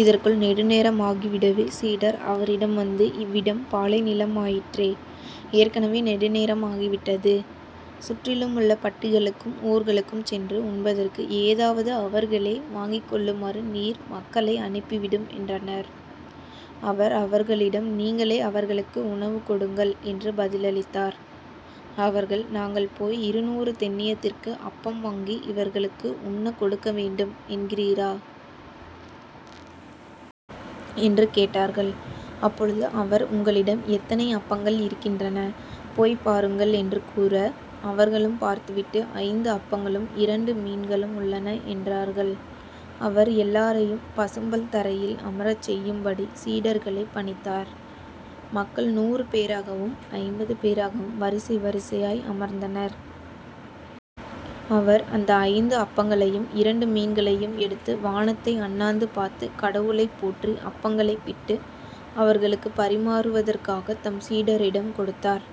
இதற்குள் நெடுநேரமாகிவிடவே சீடர் அவரிடம் வந்து இவ்விடம் பாலைநிலம் ஆயிற்றே ஏற்கெனவே நெடுநேரம் ஆகிவிட்டது. சுற்றிலுமுள்ள பட்டிகளுக்கும் ஊர்களுக்கும் சென்று உண்பதற்கு ஏதாவது அவர்களே வாங்கிக்கொள்ளுமாறு நீர் மக்களை அனுப்பிவிடும் என்றனர். அவர் அவர்களிடம் நீங்களே அவர்களுக்கு உணவு கொடுங்கள் என்று பதிலளித்தார். அவர்கள், நாங்கள் போய் இருநூறு தெனியத்திற்கு அப்பம் வாங்கி இவர்களுக்கு உண்ணக் கொடுக்க வேண்டும் என்கிறீரா? என்று கேட்டார்கள். அப்பொழுது அவர் உங்களிடம் எத்தனை அப்பங்கள் இருக்கின்றன? போய்ப் பாருங்கள் என்று கூற அவர்களும் பார்த்து விட்டு ஐந்து அப்பங்களும் இரண்டு மீன்களும் உள்ளன என்றார்கள். அவர் எல்லாரையும் பசும்புல் தரையில் அமரச் செய்யும்படி சீடர்களைப் பணித்தார். மக்கள் நூறு பேராகவும், ஐம்பது பேராகவும் வரிசை வரிசையாய் அமர்ந்தனர். அவர் அந்த ஐந்து அப்பங்களையும் இரண்டு மீன்களையும் எடுத்து வானத்தை அண்ணாந்து பாத்து, கடவுளைப் போற்றி அப்பங்களைப் பிட்டு அவர்களுக்குப் பரிமாறுவதற்காகத் தம் சீடரிடம் கொடுத்தார்.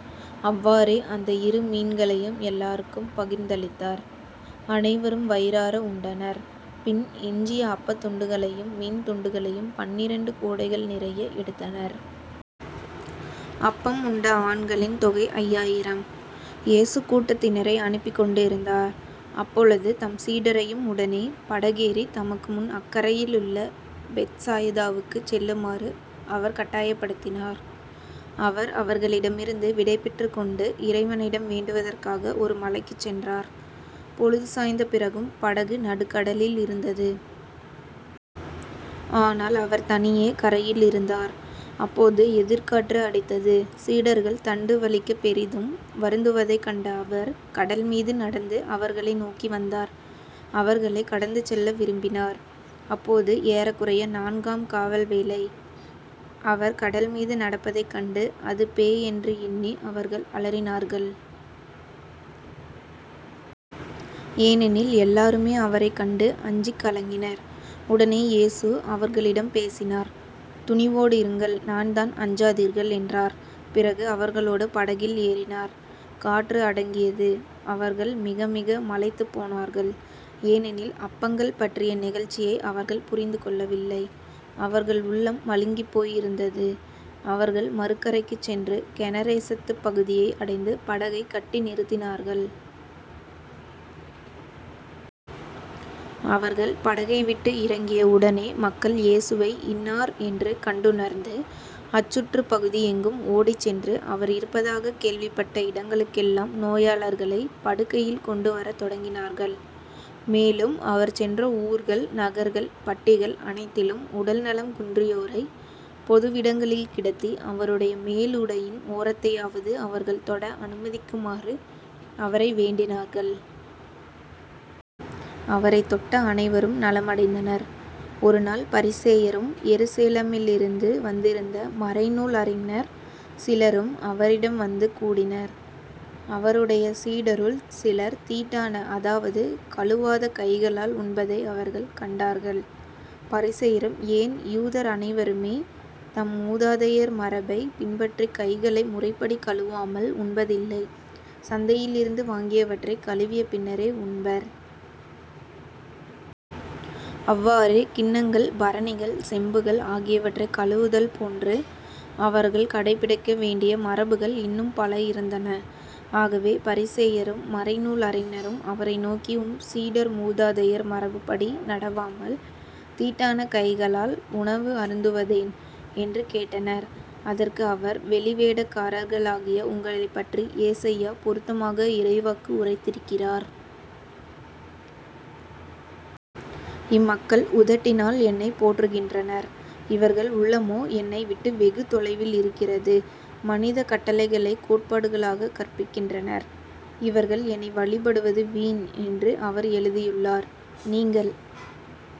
அவ்வாறே அந்த இரு மீன்களையும் எல்லாருக்கும் பகிர்ந்தளித்தார். அனைவரும் வயிறார உண்டனர். பின் எஞ்சிய அப்பத் துண்டுகளையும் மீன் துண்டுகளையும் பன்னிரண்டு கூடைகள் நிறைய எடுத்தனர். அப்பம் உண்ட ஆண்களின் தொகை ஐயாயிரம். இயேசு கூட்டத்தினரை அனுப்பிக் கொண்டிருந்தார். அப்பொழுது தம் சீடரையும் உடனே படகேறித் தமக்கு முன் அக்கரையிலுள்ள பெத்சாய்தாவுக்குச் செல்லுமாறு அவர் கட்டாயப் படுத்தினார். அவர் அவர்களிடமிருந்து விடைபெற்றுக்கொண்டு இறைவனிடம் வேண்டுவதற்காக ஒரு மலைக்குச் சென்றார். பொழுது சாய்ந்த பிறகும் படகு நடுக்கடலில் இருந்தது. ஆனால் அவர் தனியே கரையில் இருந்தார். அப்போது எதிர்க் காற்று அடித்தது. சீடர்கள் தண்டு வலிக்கப் பெரிதும் வருந்துவதைக் கண்ட அவர் கடல்மீது நடந்து அவர்களை நோக்கி வந்தார் அவர்களைக் கடந்து செல்ல விரும்பினார். அப்போது ஏறக்குறைய நான்காம் காவல்வேளை. அவர் கடல்மீது நடப்பதைக் கண்டு அது பேய் என்று எண்ணி அவர்கள் அலறினார்கள். ஏனெனில் எல்லாருமே அவரைக் கண்டு அஞ்சிக் கலங்கினர். உடனே இயேசு அவர்களிடம் பேசினார். துணிவோடிருங்கள் நான்தான் அஞ்சாதீர்கள் என்றார் பிறகு அவர்களோடு படகில் ஏறினார். காற்று அடங்கியது. அவர்கள் மிகமிக மலைத்துப் போனார்கள். ஏனெனில் அப்பங்கள்பற்றிய நிகழ்ச்சியை அவர்கள் புரிந்துகொள்ளவில்லை. அவர்கள் உள்ளம் மழுங்கிப்போயிருந்தது. அவர்கள் மறு கரைக்குச் சென்று கெனசரேத்துப் பகுதியை அடைந்து படகைக் கட்டி நிறுத்தினார்கள். அவர்கள் படகைவிட்டு இறங்கிய உடனே மக்கள் இயேசுவை இன்னார் என்று கண்டுணர்ந்து அச்சுற்றுப் பகுதி எங்கும் ஓடிச் சென்று அவர் இருப்பதாகக் கேள்விப்பட்ட இடங்களுக்கெல்லாம் நோயாளர்களைப் படுக்கையில் கொண்டு வரத் தொடங்கினார்கள். மேலும் அவர் சென்ற ஊர்கள் நகர்கள் பட்டிகள் அனைத்திலும் உடல் நலம் குன்றியோரைப் பொதுவிடங்களில் கிடத்தி அவருடைய மேலுடையின் ஓரத்தையாவது அவர்கள் தொட அனுமதிக்குமாறு அவரை வேண்டினார்கள். அவரைத் தொட்ட அனைவரும் நலமடைந்தனர். ஒருநாள் பரிசேயரும் எருசலேமிலிருந்து வந்திருந்த மறைநூல் அறிஞர் சிலரும் அவரிடம் வந்து கூடினர். அவருடைய சீடருள் சிலர் தீட்டான அதாவது கழுவாத கைகளால் உண்பதை அவர்கள் கண்டார்கள். பரிசேயரும் ஏன் யூதர் அனைவருமே, தம் முதாதையர் மரபைப் பின்பற்றிக் கைகளை முறைப்படி கழுவாமல் உண்பதில்லை சந்தையிலிருந்து வாங்கியவற்றைக் கழுவிய பின்னரே உண்பர். அவ்வாறே கிண்ணங்கள் பரணிகள் செம்புகள் ஆகியவற்றைக் கழுவுதல் போன்று அவர்கள் கடைப்பிடிக்க வேண்டியமரபுகள் இன்னும் பல இருந்தன. ஆகவே பரிசேயரும் மறைநூல் அறிஞரும் அவரை நோக்கி உம் சீடர் முதாதையர் மரபுப்படி நடவாமல் தீட்டான கைகளால் உணவு அருந்துவதேன்? என்று கேட்டனர். அதற்கு அவர் வெளிவேடக்காரர்களாகிய உங்களைப்பற்றி எசாயா பொருத்தமாக இறைவாக்கு உரைத்திருக்கிறார். இம்மக்கள் உதட்டினால் என்னைப் போற்றுகின்றனர் இவர்கள் உள்ளமோ என்னை விட்டு வெகு தொலையில் இருக்கிறது. மனிதக் கட்டளைகளைக் கோட்பாடுகளாகக் கற்பிக்கின்றனர். இவர்கள் என்னை வழிபடுவது வீண் என்று அவர் எழுதியுள்ளார். நீங்கள்